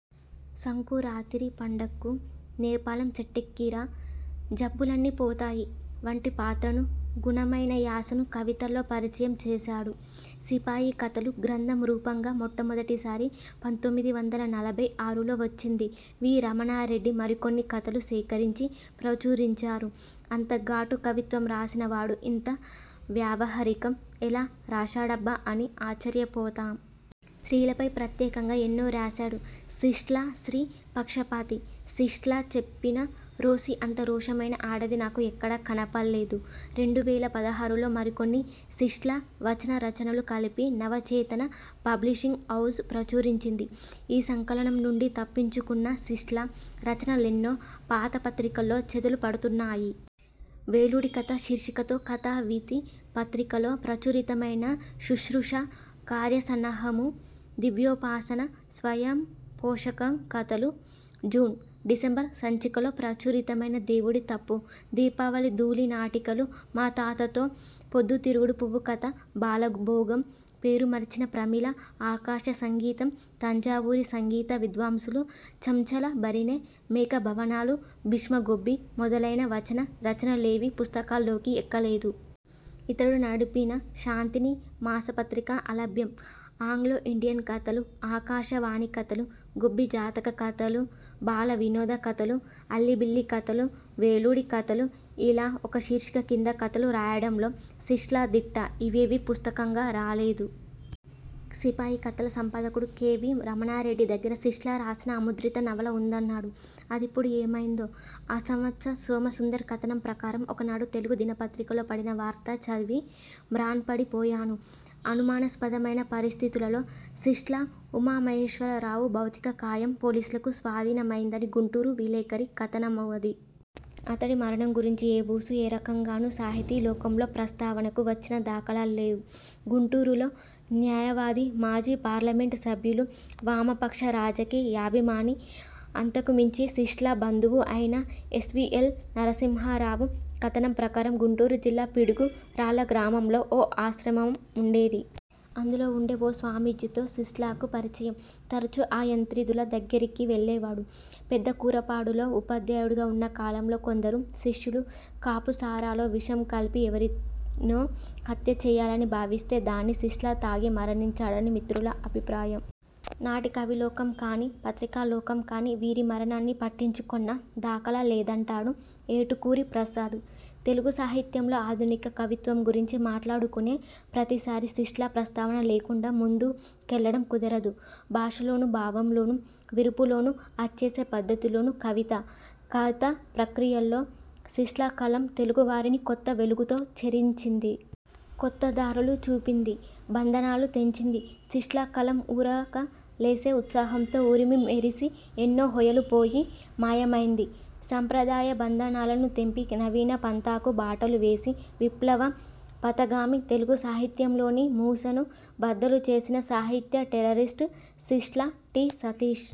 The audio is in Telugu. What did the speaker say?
సంకురాతిరి పండక్కు నేపాళం సెట్టెక్కిరా! జబ్బులన్నీ పోతాయి! వంటి పాత్రాను గుణమైన యాసను కవితల్లో పరిచయం చేశాడు. సిపాయి కథలు గ్రంథం రూపంగా మొట్టమొదటి సారి పంతొమ్మిది వందల నలభై ఆరులో వచ్చింది. వి. రమణా రెడ్డి మరికొన్ని కథలు సేకరించి ప్రచురించారు. అంత ఘాటు కవిత్వం రాసిన వాడు ఇంత వ్యావహారికం ఎలా రాశాడబ్బా అని ఆశ్చర్య పోతాం. స్త్రీల పై ప్రత్యేకంగా ఎన్నో రాశాడు. శిష్ట్లా స్త్రీ పక్షపాతి. శిష్ట్లా చెప్పిన రోసి అంత రోషమైన ఆడది నాకు ఎక్కడా కనపళ్ళేదు. రెండు వేల పదహారులో మరికొన్ని శిష్ట్లా వచన రచనలు కలిపి నవ చేతన పబ్లిషింగ్ హౌస్ ప్రచురించింది. ఈ సంకలనం నుండి తప్పించు కున్న శిష్ట్లా రచన లెన్నో పాత పత్రికల్లో చెదలు పడుతున్నాయ్. వేలుడికథ శీర్షికతో కథా వీథి పత్రిక లో ప్రచురితమైన శుశ్రూష, కార్యసన్నాహము, దివ్యోపాసన, స్వయం పోషకం కథలు జూన్, డిశంబర్ సంచికలో ప్రచురితమైన దేవుడి తప్పు, దీపావళి ధూళి నాటికలు మాతాతతో, పొద్దు తిరుగుడు పువ్వు కథ, బాల భోగం, పేరు మరిచిన ప్రమీళ, ఆకాశసంగీతం, తంజావూరి సంగీత విద్వాంసులు, చంచల బరిణె, మేఖ భవనాలు, భీష్మగొబ్బి మొదలైన వచన రచనలేవీ పుస్తకాల్లోకి ఎక్కలేదు. ఇతడు నడిపిన 'శాంతిని' మాస పత్రిక అలభ్యం. ఆంగ్లో ఇండియన్ కథలు, ఆకాశ వాణి కథలు, గొబ్బి జాతక కథలు, బాల వినోద కథలు, అల్లిబిల్లి కథలు, వేలుడి కథలు ఇలా ఒక శీర్షిక కింద కథలు రాయడంలో శిష్ట్లా దిట్ట. ఇవేవీ పుస్తకంగా రాలేదు. సిపాయి కథల సంపాదకుడు కె. విమ్. రమణారెడ్డి దగ్గర శిష్ ట్లా రాసిన అముద్రిత నవల ఉందన్నాడు. అదిప్పుడు ఏమైందో. ఆస్వంత్స సోమ సుందర్ కథనం ప్రకారం ఒకనాడు తెలుగు దిన పత్రికలో పడిన వార్త చదివి మ్రాన్పడి పోయాను. అనుమానాస్పదమైన పరిస్థితులలో శిష్ట్లా ఉమామహేశ్వర రావు భౌతిక కాయం పోలీసులకు స్వాధీన మైందని గుంటూరు విలేఖరి కథనమవది. అతడి మరణం గురించి ఏ ఊసూ, ఏరకంగానూ సాహితీ లోకంలో ప్రస్తావనకు వచ్చిన దాఖలాల్లేవ్. గుంటూరులో న్యాయ వాది, మాజీ పార్లమెంట్ సభ్యులు, వామపక్ష రాజకీ యాభిమాని, అంతకు మించి శిష్ట్లా బంధువు అయిన ఎస్వీఎల్ నరసింహా రావు కథనం ప్రకారం, గుంటూరు జిల్లా పిడుగు రాళ్ళ గ్రామంలో ఓ ఆశ్రమం ఉండేది. అందులో వుండే ఓ స్వామీజీతో శిష్ట్లాకు పరిచయం. తరచూ ఆ యతీంద్రుల దగ్గరికి వెళ్ళేవాడు. పెద్ద కూరపాడు లో ఉపాధ్యాయుడిగా ఉన్న కాలంలో కొందరు శిష్యులు కాపు సారాలో విషం కలిపి ఎవరినో హత్య చెయ్యాలని భావిస్తే దాన్ని శిష్ట్లా తాగి మరణించాడని మిత్రుల అభిప్రాయం. నాటి కవి లోకం కానీ, పత్రికా లోకం కానీ వీరి మరణాన్ని పట్టించుకొన్న దాఖలా లేదం టాడు ఏటుకూరి ప్రసాద్. తెలుగు సాహిత్యంలో ఆధునిక కవిత్వం గురించి మాట్లాడుకునే ప్రతిసారీ శిష్ట్లా ప్రస్తావన లేకండా ముందు కెళ్లడం కుదరదు. భాషలోనూ, భావం లోనూ, విరుపు లోనూ, అచ్చేసే పద్ధతి లోనూ కవిత, కథ ప్రక్రియల్లో శిష్ట్లా కలం తెలుగు వారిని కొత్త వెలుగుతో చరిచింది. కొత్త దారులు చూపింది. బంధనాలు తెంచింది. శిష్ట్లా కలం ఉరక లేసే ఉత్సాహంతో ఉరిమి, మెరిసి, ఎన్నో హొయలు పోయి, మాయమైంది. సంప్రదాయ బంధనాలను తెంపి నవీన పంథాకు బాటలు వేసి విప్లవ పథగామి, తెలుగు సాహిత్యంలోని మూసను బద్దలు చేసిన సాహిత్య టెర్రరిస్టు శిష్ట్లా. టి. సతీశ్